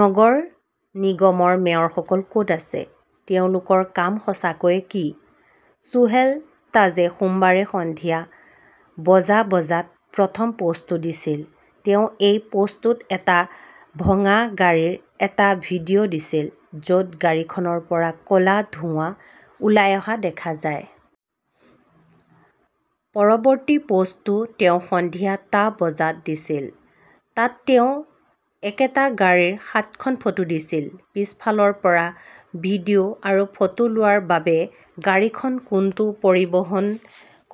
নগৰ নিগমৰ মেয়ৰসকল ক "ত আছে? তেওঁলোকৰ কাম সঁচাকৈয়ে কি? 'চোহেল তাজে সোমবাৰে সন্ধিয়া বজা বজাত প্ৰথম পোষ্টটো দিছিল। তেওঁ এই পোষ্টটোত এটা ভঙা গাড়ীৰ এটা ভিডিঅ "দিছিল। য 'ত গাড়ীখনৰ পৰা ক' লা ধোঁৱা ওলাই অহা দেখা যায়। পৰৱৰ্তী পোষ্টটো তেওঁ সন্ধিয়া টা বজাত দিছিল। তাত তেওঁ একেটা গাড়ীৰ সাতখন ফটো দিছিল। পিছফালৰ পৰা ভিডিঅ 'আৰু ফটো লোৱাৰ বাবে গাড়ীখন কোনটো পৰিবহণ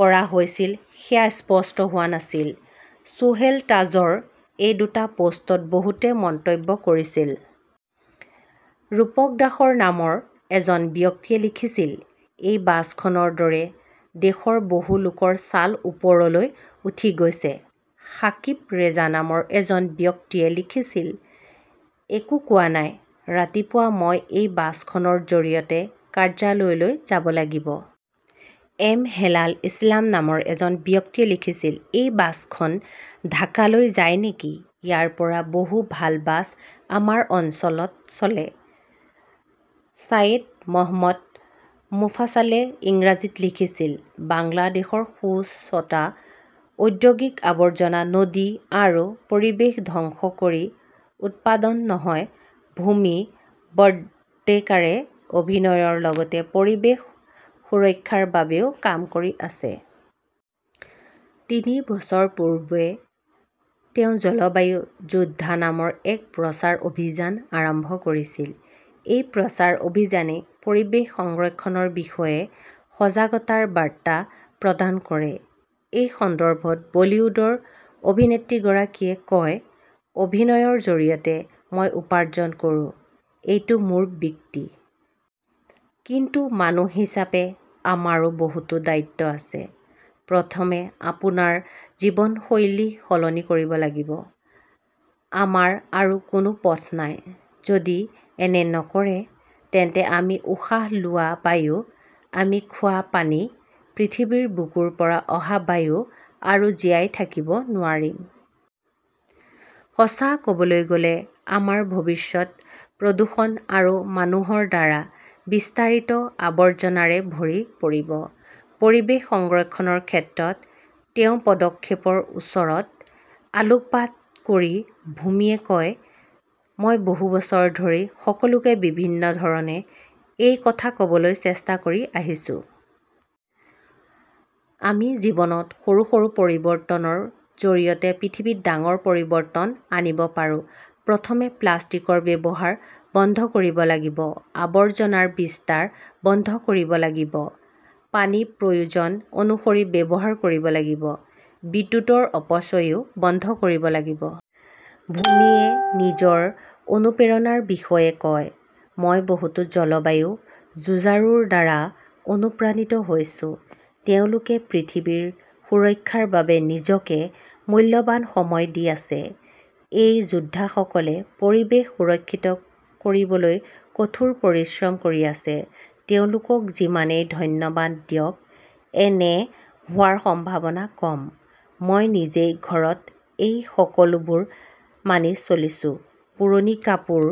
কৰা হৈছিল সেয়া স্পষ্ট হোৱা নাছিল। চোহেল তাজৰ সেই দুটা পোষ্টত বহুতে মন্তব্য কৰিছিল। ৰূপক দাস নামৰ এজন ব্যক্তিয়ে লিখিছিল, "এই বাছখনৰ দৰে দেশৰ বহু লোকৰ ছাল ওপৰলৈ উঠি গৈছে! " 'সাকিব ৰেজা নামৰ এজন ব্যক্তিয়ে লিখিছিল,' একো কোৱা নাই। ৰাতিপুৱা মই এই বাছখনৰ জৰিয়তে কাৰ্যালয়লৈ যাব লাগিব। 'এম হেলাল ইছলাম নামৰ এজন ব্যক্তিয়ে লিখিছিল,' এই বাছখন ঢাকালৈ যায় নেকি? ইয়াৰ পৰা বহু ভাল বাছ আমাৰ অঞ্চলত চলে! "ছায়েদ মো. মোফাছালে ইংৰাজীত লিখিছিল, 'বাংলাদেশৰ সুস্থতা "। ঔদ্যোগিক আৱৰ্জনা নদী আৰু পৰিৱেশ ধ্বংস কৰি উৎপাদন নহয় ভূমি বদ্নেকাৰে অভিনয়ৰ লগতে পৰিৱেশ সুৰক্ষাৰ বাবেও কাম কৰি আছে। তিনি বছৰ পূৰ্বে তেওঁ জলবায়ু যোদ্ধা নামৰ এক প্ৰচাৰ অভিযান আৰম্ভ কৰিছিল। এই প্ৰচাৰ অভিযানে পৰিৱেশ সংৰক্ষণৰ বিষয়ে সজাগতাৰ বাৰ্তা প্ৰদান কৰে। এই সন্দৰ্ভত বলীউডৰ অভিনেত্ৰীগৰাকীয়ে কয়, "অভিনয়ৰ জৰিয়তে মই উপাৰ্জন কৰোঁ। এইটো মোৰ বৃত্তি। কিন্তু মানুহ হিচাপে আমাৰো বহুতো দায়িত্ব আছে। প্ৰথমে আপোনাৰ জীৱনশৈলী সলনি কৰিব লাগিব। আমাৰ আৰু কোনো পথ নাই। যদি এনে নকৰে, তেন্তে আমি উশাহ লোৱা বায়ু, আমি খোৱা পানী, পৃথিৱীৰ বুকুৰ পৰা অহা বায়ু আৰু জীয়াই থাকিব নোৱাৰিব। সঁচা ক "বলৈ গ" লে, আমাৰ ভৱিষ্যত প্ৰদূষণ আৰু মানুহৰ দ্বাৰা বিস্তাৰিত আৱৰ্জনাৰে ভৰি পৰিব। 'পৰিৱেশ সংৰক্ষণৰ ক্ষেত্ৰত তেওঁৰ পদক্ষেপৰ ওপৰত আলোকপাত কৰি ভূমিয়ে কয়,' মই বহু বছৰ ধৰি সকলোকে বিভিন্ন ধৰণে এই কথা ক 'বলৈ চেষ্টা কৰি আহিছো। আমি জীৱনত সৰু সৰু পৰিৱৰ্তনৰ জৰিয়তে পৃথিৱীত ডাঙৰ পৰিৱৰ্তন আনিব পাৰোঁ। প্ৰথমে প্লাষ্টিকৰ ব্যৱহাৰ বন্ধ কৰিব লাগিব। আৱৰ্জনাৰ বিস্তাৰ বন্ধ কৰিব লাগিব। পানী প্ৰয়োজন অনুসৰি ব্যৱহাৰ কৰিব লাগিব। বিদ্যুৎৰ অপচয়ও বন্ধ কৰিব লাগিব। 'ভূমিৱে নিজৰ অনুপ্ৰেৰণাৰ বিষয়ে কয়,' মই বহুতো জলবায়ু যুঁজাৰুৰ দ্বাৰা অনুপ্ৰাণিত হৈছো। তেওঁলোকে পৃথিৱীৰ সুৰক্ষাৰ বাবে নিজকে মূল্যৱান সময় দি আছে। এই যোদ্ধাসকলে পৰিৱেশ সুৰক্ষিত কৰিবলৈ কঠোৰ পৰিশ্ৰম কৰি আছে। তেওঁলোকক যিমানেই ধন্যবাদ দিয়ক, এনে হোৱাৰ সম্ভাৱনা কম। মই নিজেই ঘৰত এই সকলোবোৰ মানি চলিছোঁ। পুৰণি কাপোৰ